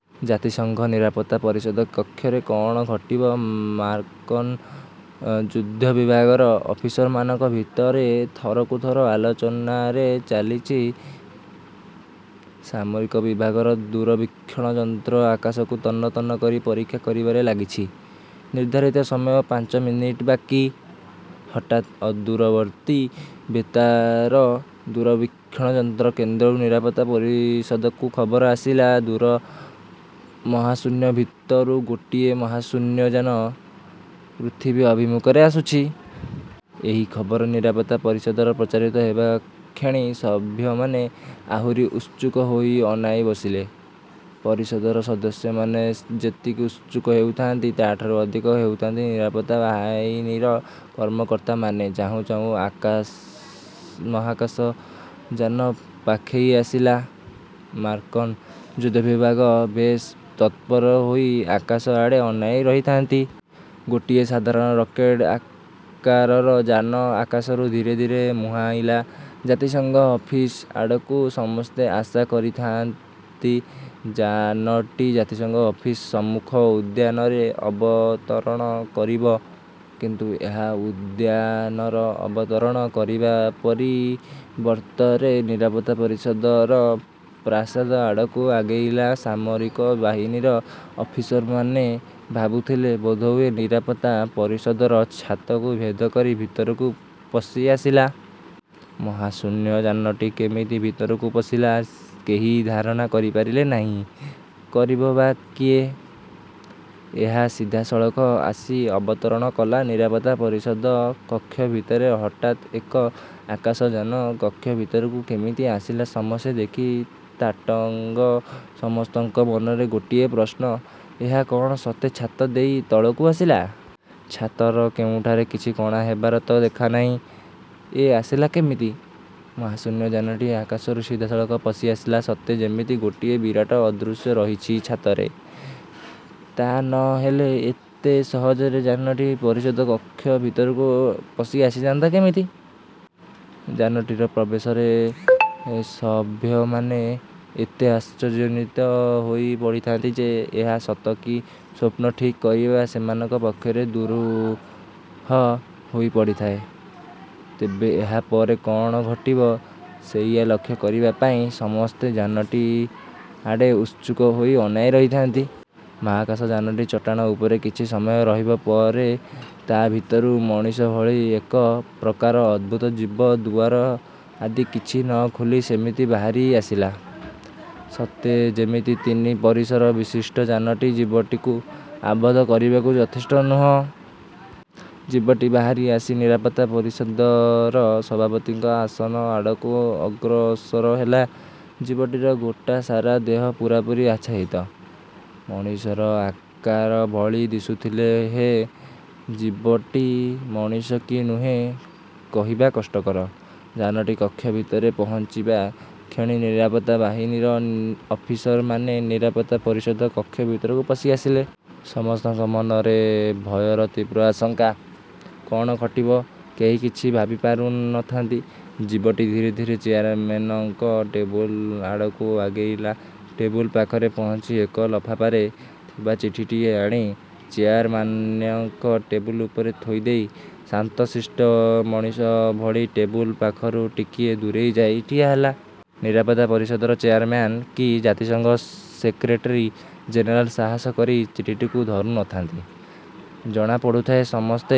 ଜାତିସଙ୍ଘ ନିରାପତ୍ତା ପରିଷଦ କକ୍ଷରେ କ'ଣ ଘଟିବ ମାର୍କିନ୍ ଯୁଦ୍ଧବିଭାଗର ଅଫିସରମାନଙ୍କ ଭିତରେ ଥରକୁ ଥର ଆଲୋଚନାରେ ଚାଲିଛି-। ସାମରିକ ବିଭାଗର ଦୂରବୀକ୍ଷଣ ଯନ୍ତ୍ର ଆକାଶକୁ ତନ୍ନ ତନ୍ନ କରି ପରୀକ୍ଷା କରିବାରେ ଲାଗିଛି-। ନିର୍ଦ୍ଧାରିତ ସମୟ ପାଞ୍ଚ ମିନିଟ୍ ବାକି। ହଠାତ୍ ଅଦୂରବର୍ତ୍ତୀ ବେତାର ଦୂରବୀକ୍ଷଣ ଯନ୍ତ୍ର କେନ୍ଦ୍ରରୁ ନିରାପତ୍ତା ପରିଷଦକୁ ଖବର ଆସିଲା, ଦୂର ମହାଶୂନ୍ୟ ଭିତରୁ ଗୋଟିଏ ମହାଶୂନ୍ୟଯାନ ପୃଥିବୀ ଅଭିମୁଖରେ ଆସୁଛି। ଏହି ଖବର ନିରାପତ୍ତା ପରିଷଦରେ ପ୍ରଚାରିତ ହେବାକ୍ଷଣି ସଭ୍ୟମାନେ ଆହୁରି ଉତ୍ସୁକ ହୋଇ ଅନାଇ ବସିଲେ। ପରିଷଦର ସଦସ୍ୟମାନେ ଯେତିକି ଉତ୍ସୁକ ହେଉଥାନ୍ତି, ତାଠାରୁ ଅଧିକ ହେଉଥାନ୍ତି ନିରାପତ୍ତା ବାହିନୀର କର୍ମକର୍ତ୍ତାମାନେ ଚାହୁଁ ଚାହୁଁ ମହାକାଶଯାନ ପାଖେଇ ଆସିଲା। ମାର୍କିନ୍ ଯୁଦ୍ଧବିଭାଗ ବେଶ୍ ତତ୍ପର ହୋଇ ଆକାଶ ଆଡ଼େ ଅନାଇ ରହିଥାନ୍ତି। ଗୋଟିଏ ସାଧାରଣ ରକେଟ୍ ଆକାରର ଯାନ ଆକାଶରୁ ଧୀରେ ଧୀରେ ମୁହାଁଇଲା ଜାତିସଂଘ ଅଫିସ୍ ଆଡ଼କୁ ସମସ୍ତେ ଆଶା କରିଥାଆନ୍ତି ଯାନଟି ଜାତିସଂଘ ଅଫିସ୍ ସମ୍ମୁଖ ଉଦ୍ୟାନରେ ଅବତରଣ କରିବ। କିନ୍ତୁ ଏହା ଉଦ୍ୟାନରେ ଅବତରଣ କରିବା ପରିବର୍ତ୍ତରେ ନିରାପତ୍ତା ପରିଷଦର ପ୍ରାସାଦ ଆଡ଼କୁ ଆଗେଇଲା ସାମରିକ ବାହିନୀର ଅଫିସରମାନେ ଭାବୁଥିଲେ ବୋଧହୁଏ ନିରାପତ୍ତା ପରିଷଦର ଛାତକୁ ଭେଦ କରି ଭିତରକୁ ପଶି ଆସିଲା। ମହାଶୂନ୍ୟ ଯାନଟି କେମିତି ଭିତରକୁ ପଶିଲା, କେହି ଧାରଣା କରିପାରିଲେ ନାହିଁ। କରିବ ବା କିଏ? ଏହା ସିଧା ସଳଖ ଆସି ଅବତରଣ କଲା ନିରାପତ୍ତା ପରିଷଦ କକ୍ଷ ଭିତରେ ହଠାତ ଏକ ଆକାଶଯାନ କକ୍ଷ ଭିତରକୁ କେମିତି ଆସିଲା ସମସ୍ତେ ଦେଖି ତାଟଙ୍ଗ ସମସ୍ତଙ୍କ ମନରେ ଗୋଟିଏ ପ୍ରଶ୍ନ, ଏହା କଣ ସତେ ଛାତ ଦେଇ ତଳକୁ ଆସିଲା? ଛାତର କେଉଁଠାରେ କିଛି କଣା ହେବାର ତ ଦେଖାନାହିଁ। ଏ ଆସିଲା କେମିତି? ମହାଶୂନ୍ୟ ଯାନଟି ଆକାଶରୁ ସିଧାସଳଖ ପଶିଆସିଲା ସତେ ଯେମିତି ଗୋଟିଏ ବିରାଟ ଅଦୃଶ୍ୟ ରହିଛି ଛାତରେ। ତା ନ ହେଲେ ଏତେ ସହଜରେ ଯାନଟି ପରିଷଦ କକ୍ଷ ଭିତରକୁ ପଶି ଅସିଥାନ୍ତା କେମିତି? ଯାନଟିର ପ୍ରବେଶରେ ସଭ୍ୟମାନେ ଏତେ ଆଶ୍ଚର୍ଯ୍ୟାନିତ ହୋଇ ପଡ଼ିଥାନ୍ତି ଯେ ଏହା ସତ କି ସ୍ୱପ୍ନ ଠିକ୍ କରିବା ସେମାନଙ୍କ ପକ୍ଷରେ ଦୁରୂହ ହୋଇ ପଡ଼ିଥାଏ। ତେବେ ଏହା ପରେ କଣ ଘଟିବ, ସେଇଆ ଲକ୍ଷ୍ୟ କରିବା ପାଇଁ। ସମସ୍ତେ ଯାନଟି ଆଡ଼େ ଉତ୍ସୁକ ହୋଇ ଅନାଇ ରହିଥାନ୍ତି। ମାହାକାଶ ଯାନଟି ଚଟାଣ ଉପରେ କିଛି ସମୟ ରହିବା ପରେ ତା ଭିତରୁ ମଣିଷ ଭଳି ଏକ ପ୍ରକାର ଅଦ୍ଭୁତ ଜୀବ ଦୁଆର ଆଦି କିଛି ନ ଖୋଲି ସେମିତି ବାହାରି ଆସିଲା। ସତେ ଯେମିତି ତିନି ପରିସର ବିଶିଷ୍ଟ ଯାନଟି ଜୀବଟିକୁ ଆବଦ୍ଧ କରିବାକୁ ଯଥେଷ୍ଟ ନୁହଁ । ଜୀବଟି ବାହାରି ଆସି ନିରାପତ୍ତା ପରିଷଦର ସଭାପତିଙ୍କ ଆସନ ଆଡ଼କୁ ଅଗ୍ରସର ହେଲା। ଜୀବଟିର ଗୋଟା ସାରା ଦେହ ପୂରାପୂରି ଆଚ୍ଛାଦିତ। ମଣିଷର ଆକାର ଭଳି ଦିଶୁଥିଲେ ହେଁ ଜୀବଟି ମଣିଷ କି ନୁହେଁ କହିବା କଷ୍ଟକର। ଯାନଟି କକ୍ଷ ଭିତରେ ପହଞ୍ଚିବା କ୍ଷଣି ନିରାପତ୍ତା ବାହିନୀର ଅଫିସରମାନେ ନିରାପତ୍ତା ପରିଷଦ କକ୍ଷ ଭିତରକୁ ପଶି ଆଶିଲେ। ସମସ୍ତଙ୍କ ମନରେ ଭୟର ତୀବ୍ର ଆଶଙ୍କା। କଣ ଘଟିବ, କେହି କିଛି ଭାବିପାରୁ ନ ଥାନ୍ତି। ଜୀବଟି ଧୀରେ ଧୀରେ ଚେୟାରମେନଙ୍କ ଟେବୁଲ ଆଡ଼କୁ ଆଗେଇଲା ଟେବୁଲ ପାଖରେ ପହଞ୍ଚି ଏକ ଲଫାଫରେ ଥିବା ଚିଠିଟିଏ ଆଣି ଚେୟାରମ୍ୟାନଙ୍କ ଟେବୁଲ ଉପରେ ଥୋଇଦେଇ ଶାନ୍ତଶିଷ୍ଟ ମଣିଷ ଭଳି ଟେବୁଲ ପାଖରୁ ଟିକିଏ ଦୂରେଇ ଯାଇ ଠିଆହେଲା। ନିରାପତ୍ତା ପରିଷଦର ଚେୟାରମ୍ୟାନ କି ଜାତିସଂଘ ସେକ୍ରେଟେରୀ ଜେନେରାଲ ସାହସ କରି ଚିଠିଟିକୁ ଧରୁ ନ ଥାନ୍ତି। ଜଣା ପଡ଼ୁଥାଏ ସମସ୍ତେ